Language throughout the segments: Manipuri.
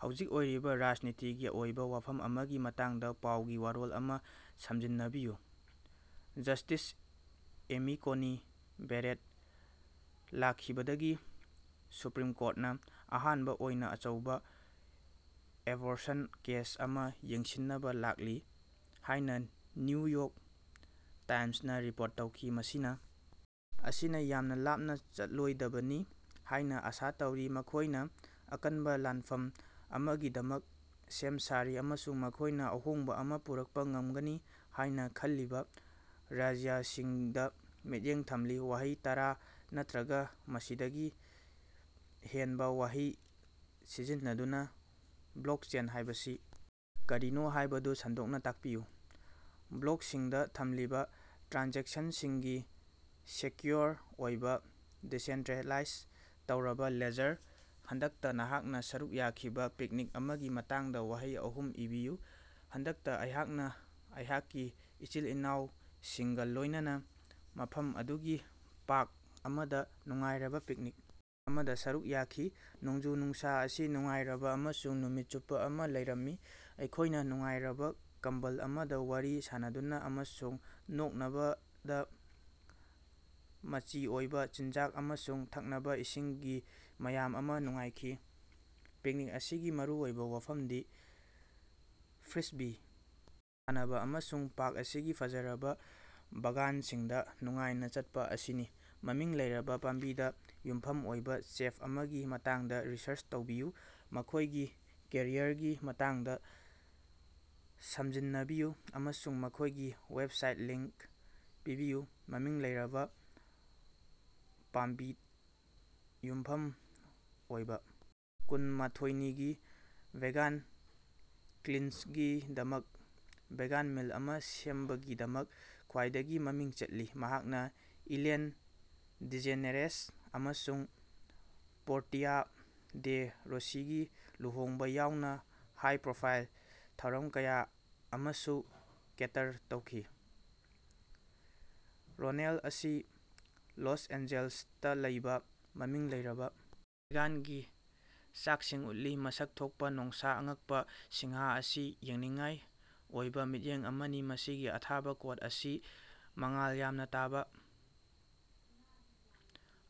ꯍꯧꯖꯤꯛ ꯑꯣꯏꯔꯤꯕ ꯔꯥꯖꯅꯤꯇꯤꯒꯤ ꯑꯣꯏꯕ ꯋꯥꯐꯝ ꯑꯃꯒꯤ ꯃꯇꯥꯡꯗ ꯄꯥꯎꯒꯤ ꯋꯥꯔꯣꯜ ꯑꯃ ꯁꯝꯖꯤꯟꯅꯕꯤꯌꯨ꯫ ꯖꯁ꯭ꯇꯤꯁ ꯑꯦꯃꯤ ꯀꯣꯅꯤ ꯕꯦꯔꯦꯠ ꯂꯥꯛꯈꯤꯕꯗꯒꯤ ꯁꯨꯄ꯭ꯔꯤꯝ ꯀꯣꯔꯠꯅ ꯑꯍꯥꯟꯕ ꯑꯣꯏꯅ ꯑꯆꯧꯕ ꯑꯦꯕꯣꯔꯁꯟ ꯀꯦꯁ ꯑꯃ ꯌꯦꯡꯁꯤꯟꯅꯕ ꯂꯥꯛꯂꯤ ꯍꯥꯏꯅ ꯅ꯭ꯌꯨ ꯌ꯭ꯣꯔꯛ ꯇꯥꯏꯝꯁꯅ ꯔꯤꯄꯣꯔꯠ ꯇꯧꯈꯤ꯫ ꯃꯁꯤꯅ ꯑꯁꯤꯅ ꯌꯥꯃꯅꯥ ꯂꯥꯞꯅ ꯆꯠꯂꯣꯏꯗꯕꯅꯤ ꯍꯥꯏꯅ ꯑꯁꯥ ꯇꯧꯔꯤ꯫ ꯃꯈꯣꯏꯅ ꯑꯀꯟꯕ ꯂꯥꯅꯐꯝ ꯑꯃꯒꯤꯗꯃꯛ ꯁꯦꯝ ꯁꯥꯔꯤ, ꯑꯃꯁꯨꯡ ꯃꯈꯣꯏꯅ ꯑꯍꯣꯡꯕ ꯑꯃ ꯄꯨꯔꯛꯄ ꯉꯝꯒꯅꯤ ꯍꯥꯏꯅ ꯈꯜꯂꯤꯕ ꯔꯥꯖ꯭ꯌꯁꯤꯡꯗ ꯃꯤꯠꯌꯦꯡ ꯊꯝꯂꯤ꯫ ꯋꯥꯍꯩ ꯇꯔꯥ ꯅꯠꯇꯔꯒ ꯃꯁꯤꯗꯒꯤ ꯍꯦꯟꯕ ꯋꯥꯍꯩ ꯁꯤꯖꯤꯟꯅꯗꯨꯅ ꯕ꯭ꯂꯣꯛꯆꯦꯟ ꯍꯥꯏꯕꯁꯤ ꯀꯔꯤꯅꯣ ꯍꯥꯏꯕꯗꯨ ꯁꯟꯗꯣꯛꯅ ꯇꯥꯛꯄꯤꯌꯨ꯫ ꯕ꯭ꯂꯣꯛꯁꯤꯡꯗ ꯊꯝꯂꯤꯕ ꯇ꯭ꯔꯥꯟꯖꯦꯛꯁꯟꯁꯤꯡꯒꯤ ꯁꯦꯀ꯭ꯌꯨꯑꯣꯔ ꯑꯣꯏꯕ, ꯗꯤꯁꯦꯟꯇ꯭ꯔꯦꯂꯥꯏꯖ ꯇꯧꯔꯕ ꯂꯦꯖꯔ꯫ ꯍꯟꯗꯛꯇ ꯅꯍꯥꯛꯅ ꯁꯔꯨꯛ ꯌꯥꯈꯤꯕ ꯄꯤꯛꯅꯤꯛ ꯑꯃꯒꯤ ꯃꯇꯥꯡꯗ ꯋꯥꯍꯩ ꯑꯍꯨꯝ ꯏꯕꯤꯌꯨ꯫ ꯍꯟꯗꯛꯇ ꯑꯩꯍꯥꯛꯅ ꯑꯩꯍꯥꯛꯀꯤ ꯏꯆꯤꯜ-ꯏꯅꯥꯑꯣꯁꯤꯡꯒ ꯂꯣꯏꯅꯅ ꯃꯐꯝ ꯑꯗꯨꯒꯤ ꯄꯥ꯭ꯔꯛ ꯑꯃꯗ ꯅꯨꯡꯉꯥꯏꯔꯕ ꯄꯤꯛꯅꯤꯛ ꯑꯃꯗ ꯁꯔꯨꯛ ꯌꯥꯈꯤ꯫ ꯅꯣꯡꯖꯨ-ꯅꯨꯡꯁꯥ ꯑꯁꯤ ꯅꯨꯡꯉꯥꯏꯔꯕ ꯑꯃꯁꯨꯡ ꯅꯨꯃꯤꯠ ꯆꯨꯞꯄ ꯑꯃ ꯂꯩꯔꯝꯃꯤ, ꯑꯩꯈꯣꯏꯅ ꯅꯨꯡꯉꯥꯏꯔꯕ ꯀꯝꯕꯜ ꯑꯃꯗ ꯋꯥꯔꯤ ꯁꯥꯅꯗꯨꯅ ꯑꯃꯁꯨꯡ ꯅꯣꯛꯅꯕꯗ ꯃꯆꯤ ꯑꯣꯏꯕ ꯆꯤꯟꯖꯥꯛ ꯑꯃꯁꯨꯡ ꯊꯛꯅꯕ ꯏꯁꯤꯡꯒꯤ ꯃꯌꯥꯝ ꯑꯃ ꯅꯨꯡꯉꯥꯏꯈꯤ꯫ ꯄꯤꯛꯅꯤꯛ ꯑꯁꯤꯒꯤ ꯃꯔꯨꯑꯣꯏꯕ ꯋꯥꯐꯝꯗꯤ ꯐ꯭ꯔꯤꯁꯕꯤ ꯁꯥꯟꯅꯕ ꯑꯃꯁꯨꯡ ꯄꯥ꯭ꯔꯛ ꯑꯁꯤꯒꯤ ꯐꯖꯔꯕ ꯕꯥꯒꯥꯟꯁꯤꯡꯗ ꯅꯨꯡꯉꯥꯏꯅ ꯆꯠꯄ ꯑꯁꯤꯅꯤ꯫ ꯃꯃꯤꯡ ꯂꯩꯔꯕ ꯄꯥꯝꯕꯤꯗ ꯌꯨꯝꯐꯝ ꯑꯣꯏꯕ ꯆꯦꯐ ꯑꯃꯒꯤ ꯃꯇꯥꯡꯗ ꯔꯤꯁꯔꯆ ꯇꯧꯕꯤꯌꯨ, ꯃꯈꯣꯏꯒꯤ ꯀꯦꯔꯤꯌꯔꯒꯤ ꯃꯇꯥꯡꯗ ꯁꯝꯖꯤꯟꯅꯕꯤꯌꯨ ꯑꯃꯁꯨꯡ ꯃꯈꯣꯏꯒꯤ ꯋꯦꯕꯁꯥꯏꯠ ꯂꯤꯡꯛ ꯄꯤꯕꯤꯌꯨ꯫ ꯃꯃꯤꯡ ꯂꯩꯔꯕꯥ ꯄꯥꯝꯕꯤꯗ ꯌꯨꯝꯐꯝ ꯑꯣꯏꯕ ꯀꯨꯟ ꯃꯥꯊꯣꯏꯅꯤꯒꯤ ꯚꯦꯒꯥꯟ ꯀ꯭ꯂꯤꯟꯖꯒꯤꯗꯃꯛ ꯚꯦꯒꯥꯟ ꯃꯤꯜ ꯑꯃ ꯁꯦꯝꯕꯒꯤꯗꯃꯛ ꯈ꯭ꯋꯥꯏꯗꯒꯤ ꯃꯃꯤꯡ ꯆꯠꯂꯤ꯫ ꯃꯍꯥꯛꯅꯥ ꯏꯂꯦꯟ ꯗꯤꯖꯦꯅꯦꯔꯦꯁ ꯑꯃꯁꯨꯡ ꯄꯣꯔꯇꯤꯌꯥ ꯗꯦ ꯔꯣꯁꯤꯒꯤ ꯂꯨꯍꯣꯡꯕ ꯌꯥꯎꯅ ꯍꯥꯏ-ꯄ꯭ꯔꯣꯐꯥꯏꯜ ꯊꯧꯔꯝ ꯀꯌꯥ ꯑꯃꯁꯨ ꯀꯦꯇꯔ ꯇꯧꯈꯤ꯫ ꯔꯣꯅꯦꯟ ꯑꯁꯤ ꯂꯣꯁ ꯑꯦꯟꯖꯦꯜꯁꯇ ꯂꯩꯕꯥ ꯃꯃꯤꯡ ꯂꯩꯔꯕꯥ ꯚꯦꯒꯥꯟꯒꯤ ꯆꯥꯛꯁꯤꯡ ꯎꯠꯂꯤ꯫ ꯃꯁꯛ ꯊꯣꯛꯄ ꯅꯣꯡꯁꯥ꯫ ꯑꯉꯛꯄ ꯁꯤꯡꯍ ꯑꯁꯤ ꯌꯦꯡꯅꯤꯡꯉꯥꯏ ꯑꯣꯏꯕ ꯃꯤꯠꯌꯦꯡ ꯑꯃꯅꯤ, ꯃꯁꯤꯒꯤ ꯑꯊꯥꯕꯥ ꯀꯣꯠ ꯑꯁꯤ ꯃꯉꯥꯜ ꯌꯥꯝꯅ ꯇꯥꯕ,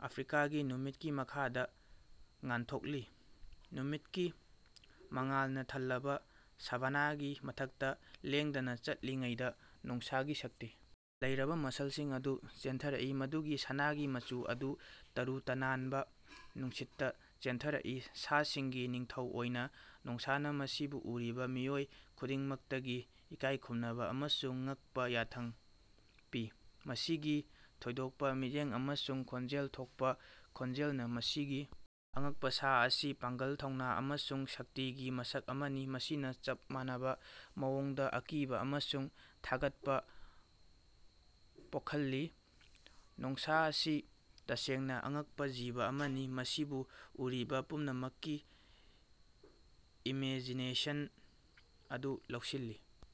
ꯑꯐ꯭ꯔꯤꯀꯥꯒꯤ ꯅꯨꯃꯤꯠꯀꯤ ꯃꯈꯥꯗ ꯉꯥꯟꯊꯣꯛꯂꯤ꯫ ꯅꯨꯃꯤꯠꯀꯤ ꯃꯉꯥꯜꯅꯥ ꯊꯜꯂꯕ ꯁꯥꯚꯥꯅꯥꯒꯤ ꯃꯊꯛꯇ ꯂꯦꯡꯗꯅ ꯆꯠꯂꯤꯉꯩꯗ ꯅꯣꯡꯁꯥꯒꯤ ꯁꯛꯇꯤ ꯂꯩꯔꯕ ꯃꯁꯜꯁꯤꯡ ꯑꯗꯨ ꯆꯦꯟꯊꯔꯛꯏ, ꯃꯗꯨꯒꯤ ꯁꯅꯥꯒꯤ ꯃꯆꯨ ꯑꯗꯨ ꯇꯔꯨ ꯇꯅꯥꯟꯕ ꯅꯨꯡꯁꯤꯠꯇ ꯆꯦꯟꯊꯔꯛꯏ꯫ ꯁꯥꯁꯤꯡꯒꯤ ꯅꯤꯡꯊꯧ ꯑꯣꯏꯅ, ꯅꯣꯡꯁꯥꯅ ꯃꯁꯤꯕꯨ ꯎꯔꯤꯕ ꯃꯤꯑꯣꯏ ꯈꯨꯗꯤꯡꯃꯛꯇꯒꯤ ꯏꯀꯥꯏꯈꯨꯝꯅꯕ ꯑꯃꯁꯨꯡ ꯉꯛꯄ ꯌꯥꯊꯪ ꯄꯤ, ꯃꯁꯤꯒꯤ ꯊꯣꯏꯗꯣꯛꯄ ꯃꯤꯠꯌꯦꯡ ꯑꯃꯁꯨꯡ ꯈꯣꯟꯖꯦꯜ ꯊꯣꯛꯄ ꯈꯣꯟꯖꯦꯜꯅ꯫ ꯃꯁꯤꯒꯤ ꯑꯉꯛꯄ ꯁꯥ ꯑꯁꯤ ꯄꯥꯡꯒꯜ, ꯊꯧꯅꯥ ꯑꯃꯁꯨꯡ ꯁꯛꯇꯤꯒꯤ ꯃꯁꯛ ꯑꯃꯅꯤ, ꯃꯁꯤꯅ ꯆꯞ ꯃꯥꯟꯅꯕ ꯃꯑꯣꯡꯗ ꯑꯀꯤꯕ ꯑꯃꯁꯨꯡ ꯊꯥꯒꯠꯄ ꯄꯣꯈꯜꯂꯤ꯫ ꯅꯣꯡꯁꯥ ꯑꯁꯤ ꯇꯁꯦꯡꯅ ꯑꯉꯛꯄ ꯖꯤꯕ ꯑꯃꯅꯤ, ꯃꯁꯤꯕꯨ ꯎꯔꯤꯕꯥ ꯄꯨꯝꯅꯃꯛꯀꯤ ꯏꯃꯦꯖꯤꯅꯦꯁꯟ ꯑꯗꯨ ꯂꯧꯁꯤꯜꯂꯤ꯫